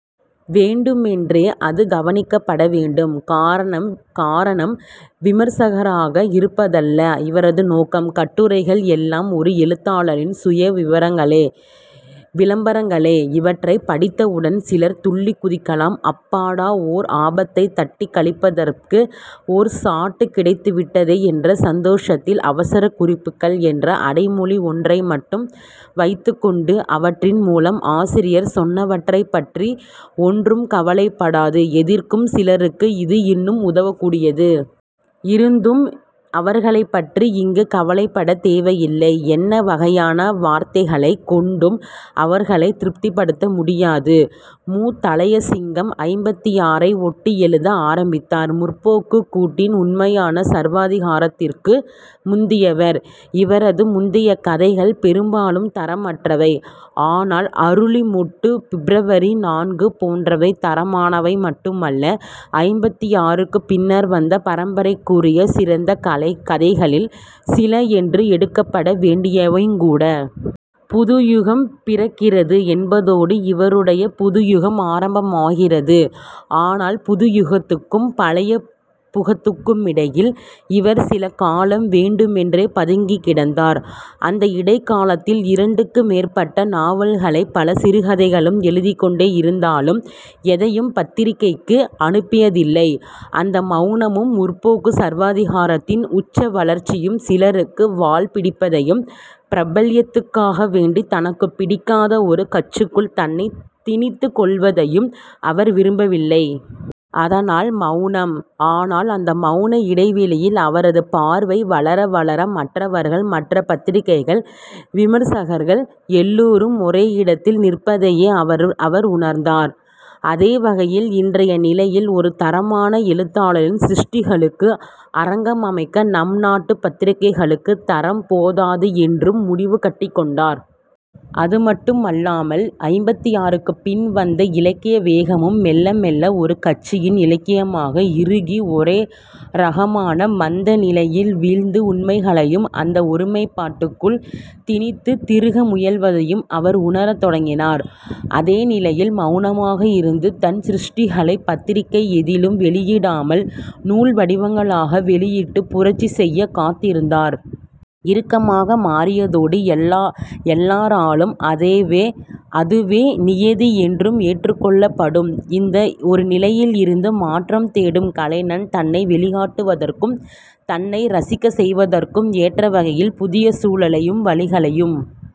'வேண்டுமென்றே' அது கவனிக்கப்பட வேண்டும். காரணம், விமர்சகராக இருப்பதல்ல இவரது நோக்கம். கட்டுரைகள் எல்லாம் ஒரு எழுத்தாளரின் சுய 'விளம்பரங்களே'. இவற்றைப் படித்தவுடன் சிலர் துள்ளிக் குதிக்கலாம். அப்பாடா ஓர் ஆபத்தைத் தட்டிக் கழிப்பதற்கு ஒரு சாட்டு கிடைத்துவிட்டதே என்ற சந்தோசத்தில். 'அவசரக்குறிப்புகள்' என்ற அடைமொழி ஒன்றை மட்டும் வைத்துக்கொண்டு அவற்றின் மூலம் ஆசிரியர் சொன்னவற்றைப்பற்றி ஒன்றும் கவலைப்படாது எதிர்க்கும் சிலருக்கு இது இன்னும் உதவக்கூடியது. இருந்தும், அவர்களைப் பற்றி இங்கு கவலைப்படத் தேவையில்லை. என்ன வகையான வார்த்தைகளைக் கொண்டும் அவர்களைத் திருப்திப்படுத்த முடியாது. மு. தளையசிங்கம் ஐம்பத்திஆறை ஓட்டி எழுத ஆரம்பித்தார். 'முற்போக்கு'க் கூட்டின் உண்மையான சர்வாதிகாரத்திற்க்கு முந்தியவர். இவரது முந்தைய கதைகள் பெரும்பாலும் தரமற்றவை. ஆனால் 'அருளி மொட்டு', 'பிப்ரவரி-நான்கு' போன்றவை தரமானவை மட்டுமல்ல, ஐம்பத்திஆறுக்குப் பின்னர் வந்த பரம்பரைக்குரிய சிறந்த கதைகளில் சில என்று எடுக்கப்பட வேண்டியவையுங்கூட. 'புதுயுகம் பிறக்கிறது' என்பதோடு இவருடைய 'புதுயுகம்' ஆரம்பமாகிறது. ஆனால் புதுயுகத்துக்கும் பழைய புகத்துக்குமிடையில் இவர் சில காலம் வேண்டுமென்றே பதுங்கிக் கிடந்தார். அந்த இடைக்காலத்தில் இரண்டுக்கு மேற்பட்ட நாவல்களை பல சிறுகதைகளும் எழுதிக்கொண்டே இருந்தாலும் எதையும் பத்திரிகைக்கு அனுப்பியதில்லை. அந்த மௌனமும் 'முற்போக்கு' சர்வாதிகாரத்தின் உச்ச வளர்ச்சியும் சிலருக்கு வால் பிடிப்பதையும், பிரபல்யத்துக்காக வேண்டி தனக்குப் பிடிக்காத ஒரு கட்சிக்குள் தன்னைத் திணித்துக் கொள்வதையும் அவர் விரும்பவில்லை. அதனால் மௌனம். ஆனால் அந்த மௌன இடைவெளியில் அவரது பார்வை வளர வளர மற்றவர்கள், மற்ற பத்திரிகைகள், விமர்சகர்கள் எல்லோரும் ஒரே இடத்தில் நிற்பதையே அவர் உணர்ந்தார். அதே வகையில் இன்றைய நிலையில் ஒரு தரமான எழுத்தாளனின் சிருஷ்டிகளுக்கு அரங்கம்அமைக்க நம் நாட்டுப் பத்திரிகைகளுக்குத் தரம் போதாது என்றும் முடிவு கட்டிக்கொண்டார். அது மட்டுமல்லாமல் ஐம்பத்திஆறுக்குப் பின் வந்த இலக்கிய வேகமும் மெல்ல மெல்ல ஒரு கட்சியின் இலக்கியமாக இறுகி ஒரே ரகமான மந்த நிலையில் வீழ்ந்து உண்மைகளையும் அந்த ஒருமைப்பாட்டுக்குள் திணித்துத் திருக முயல்வதையும் அவர் உணரத் தொடங்கினார். அதே நிலையில் மௌனமாக இருந்து தன் சிருஷ்டிகளைப் பத்திரிகை எதிலும் வெளியிடாமல் நூல் வடிவங்களாக வெளியிட்டு புரட்சி செய்யக் காத்திருந்தார். இறுக்கமாக மாறியதோடு எல்லாராலும் அதுவே நியதி என்றும் ஏற்றுக்கொள்ளப்படும் இருந்த ஒரு நிலையிலிருந்து மாற்றம் தேடும் கலைஞன் தன்னை வெளிக்காட்டுவதற்கும் தன்னை ரசிக்கச் செய்வதற்கும் ஏற்றவகையில் புதிய சூழலையும் வழிகளையும்